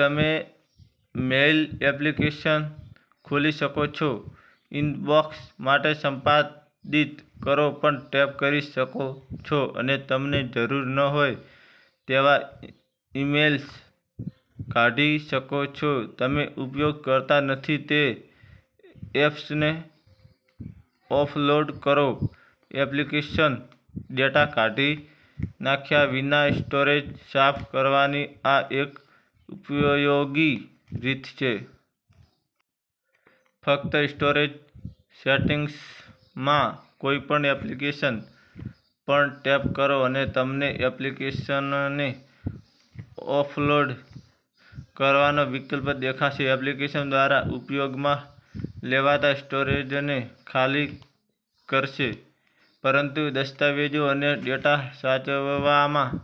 તમે mail application ખોલી શકો છો, ઇનબૉક્સ માટે સંપાદિત કરો પર ટેપ કરી શકો છો અને તમને જરૂર ન હોય તેવા ઇમેઇલ્સ કાઢી શકો છો. તમે ઉપયોગ કરતા નથી તે એપ્સને ઓફલોડ કરો, એપ્લિકેશન ડેટા કાઢી નાખ્યા વિના સ્ટોરેજ સાફ કરવાની આ એક ઉપયોગી રીત છે. ફક્ત સ્ટોરેજ સેટિંગ્સમાં કોઈપણ એપ્લિકેશન પર ટેપ કરો અને તમને એપ્લિકેશનને ઓફલોડ કરવાનો વિકલ્પ દેખાશે. એપ્લિકેશન દ્વારા ઉપયોગમાં લેવાતા સ્ટોરેજને ખાલી કરશે, પરંતુ દસ્તાવેજો અને ડેટા સાચવવામાં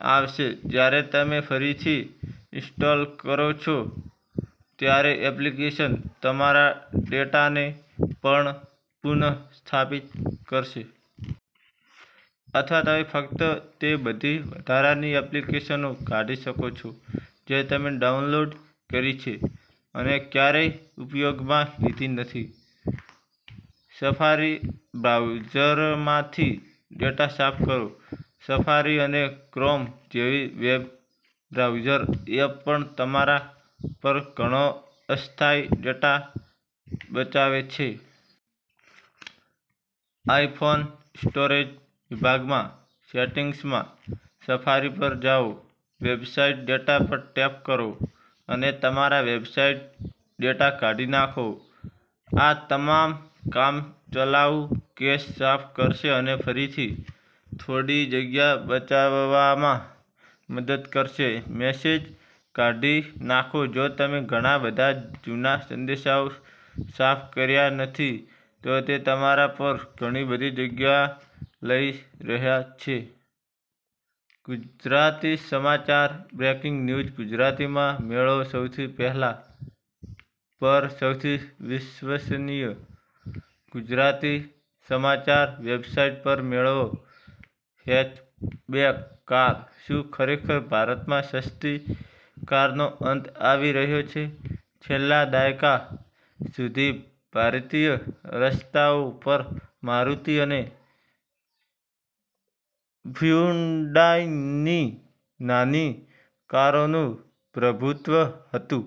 આવશે. જ્યારે તમે ફરીથી ઇન્સ્ટોલ કરો છો, ત્યારે એપ્લિકેશન તમારા ડેટાને પણ પુનઃસ્થાપિત કરશે. અથવા તમે ફક્ત તે બધી વધારાની એપ્લિકેશનો કાઢી શકો છો જે તમે ડાઉનલોડ કરી છે અને ક્યારેય ઉપયોગમાં લીધી નથી. સફારી બ્રાઉઝરમાંથી ડેટા સાફ કરો. સફારી અને ક્રોમ જેવી વેબ બ્રાઉઝર એપ પણ તમારા પર ઘણો અસ્થાયી ડેટા બચાવે છે. આઇફોન સ્ટોરેજ વિભાગમાં સેટિંગ્સમાં સફારી પર જાઓ. વેબસાઇટ ડેટા પર ટૅપ કરો અને તમામ વેબસાઇટ ડેટા કાઢી નાખો. આ તમામ કામચલાઉ કેશ સાફ કરશે અને ફરીથી થોડી જગ્યા બચાવવામાં મદદ કરશે. મેસેજ કાઢી નાખો:જો તમે ઘણા બધા જૂના સંદેશાઓ સાફ કર્યા નથી, તો તે તમારા પર ઘણી બધી જગ્યા લઈ રહ્યા છે. ગુજરાતી સમાચાર, બ્રેકીંગ ન્યુઝ ગુજરાતીમાં મેળવો સોંથી પહેલા. પર, સૌથી વિશ્વસનીય ગુજરાતી સમાચાર વેબસાઇટ પર મેળવો હેચબેક કાર. શું ખરેખર ભારતમાં સસ્તી કારનો અંત આવી રહ્યો છે? છેલ્લા દાયકા સુધી, ભારતીય રસ્તાઓ પર મારુતિ અને હ્યુન્ડાઈની નાની કારોનું પ્રભુત્વ હતું.